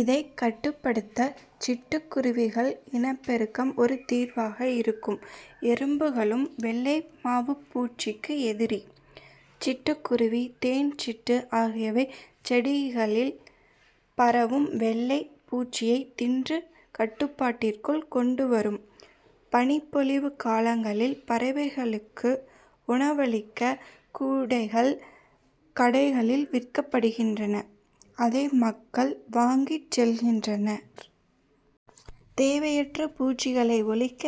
இதை கட்டுப்படுத்த சிட்டுக்குருவிகள் இனப்பெருக்கம் ஒரு தீர்வாக இருக்கும். எறும்புகளும் வெள்ளை மாவு பூச்சிக்கு எதிரி. சிட்டுக்குருவி தேன் சிட்டு ஆகியவை செடிகளில் பரவும் வெள்ளை பூச்சியை தின்று கட்டுப்பாட்டிற்குள் கொண்டு வரும். பனிப்பொழிவு காலங்களில் பறவைகளுக்கு உணவளிக்க கூடைகள் கடைகளில் விற்கப்படுகின்றன. அதை மக்கள் வாங்கி செல்கின்றனர். தேவையற்ற பூச்சிகளை ஒழிக்க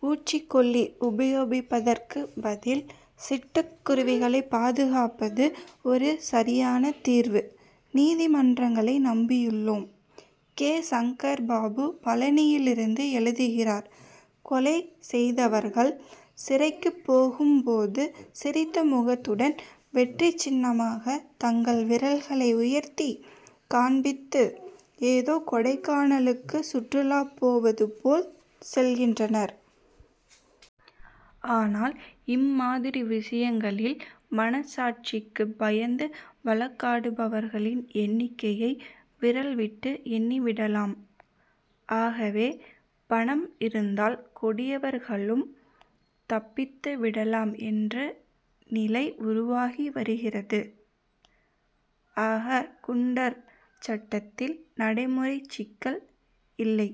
பூச்சிக்கொல்லி உபயோகிப்பதற்கு பதில் சிட்டுக் குருவிகளை பாதுகாப்பது ஒன்றே சரியான தீர்வு. நீதிமன்றங்களை நம்பியுள்ளோம்! கே. சங்கர்பாபு பழனியிலிருந்து எழுதுகிறார் கொலை செய்தவர்கள் சிறைக்கு போகும் போது, சிரித்த முகத்துடன் வெற்றிச் சின்னமாக தங்கள் விரல்களை உயர்த்தி காண்பித்து ஏதோ கொடைக்கானலுக்கு சுற்றுலா போவது போல் செல்கின்றனர். ஆனால் இம்மாதிரி விஷயங்களில் மன சாட்சிக்கு பயந்து வழக்காடுபவர்களின் எண்ணிக்கையை விரல் விட்டு எண்ணிவிடலாம். ஆகவே பணம் இருந்தால் கொடியவர்களும் தப்பித்து விடலாம் என்ற நிலை உருவாகி வருகிறது. ஆக குண்டர் சட்டத்தில் நடைமுறை சிக்கல் இல்லை.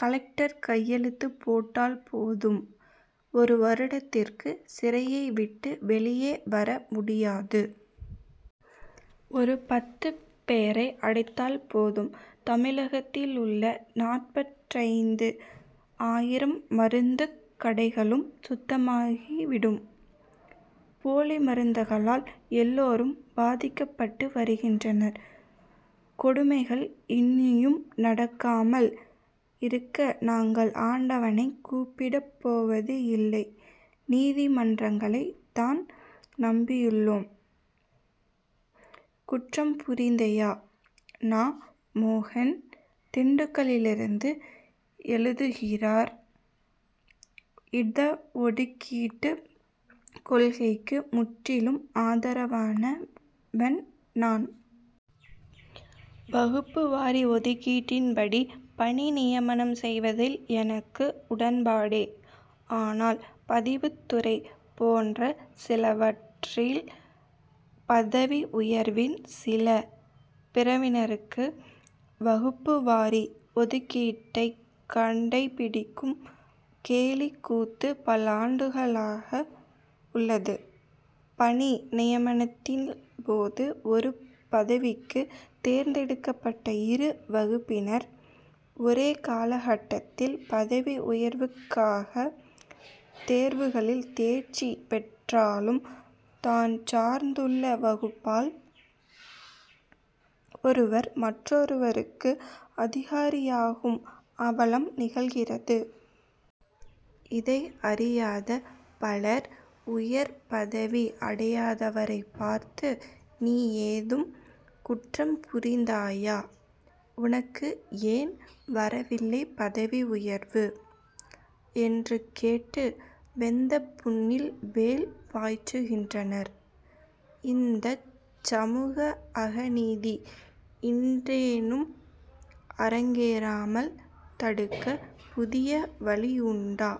கலெக்டர் கையெழுத்து போட்டால் போதும் ஒரு வருடத்திற்கு சிறையை விட்டு வெளியே வர முடியாது. ஒரு பத்து பேரை அடைத்தால் போதும் தமிழகத்தில் உள்ள நாற்பத்தைந்து ஆயிரம் மருந்து கடைகளும் சுத்தமாகிவிடும். போலி மருந்துகளால் எல்லாரும் பாதிக்கப்பட்டிருக்கின்றனர். கொடுமைகள் இனியும் நடக்காமல் இருக்க நாங்கள் ஆண்டவனை கூப்பிடப் போவதில்லை. நீதிமன்றங்களை தான் நம்பியுள்ளோம். குற்றம்புரிந்தாயா? நா. மோகன் திண்டுக்கலிலிருந்து எழுதுகிறார் இடஒதுக்கீடுக் கொள்கைக்கு முற்றிலும் ஆதரவானவன் நான். வகுப்பு வாரி ஒதுக்கீட்டின் படி பணி நியமனம் செய்வதில் எனக்கு உடன்பாடே. ஆனால் பதிவுத்துறை போன்ற சிலவற்றில் பதவி உயர்வில் சில பிரிவினருக்கு வகுப்பு வாரி ஒதுக்கீட்டைக் கடைபிடிக்கும் கேலிக் கூத்து பல்லாண்டுகளாக உள்ளது. பணி நியமனத்தின் போது ஒரே பதவிக்குத் தேர்ந்தெடுக்கப்பட்ட இரு வகுப்பினர் ஒரே கால கட் டத்தில் பதவி உயர்வுக்கான தேர்வுகளில் தேர்ச்சி பெற்றாலும் தான் சார்ந்துள்ள வகுப்பால் ஒருவர் மற்றவருக்கு அதிகாரியாகும் அவலம் நிகழ்கிறது. இதை அறியாத பலர் உயர் பதவி அடையாதவரைப் பார்த்து நீ ஏதும் குற்றம் புரிந்தாயா? உனக்கு ஏன் வரவில்லை பதவி உயர்வு? எனக் கேட்டு வெந்த புண்ணில் வேல் பாய்ச்சுகின்றனர். இந்தச் சமூக அநீதி இனியேனும் அரங்கேறாமல் தடுக்க புதிய வழியுண்டா?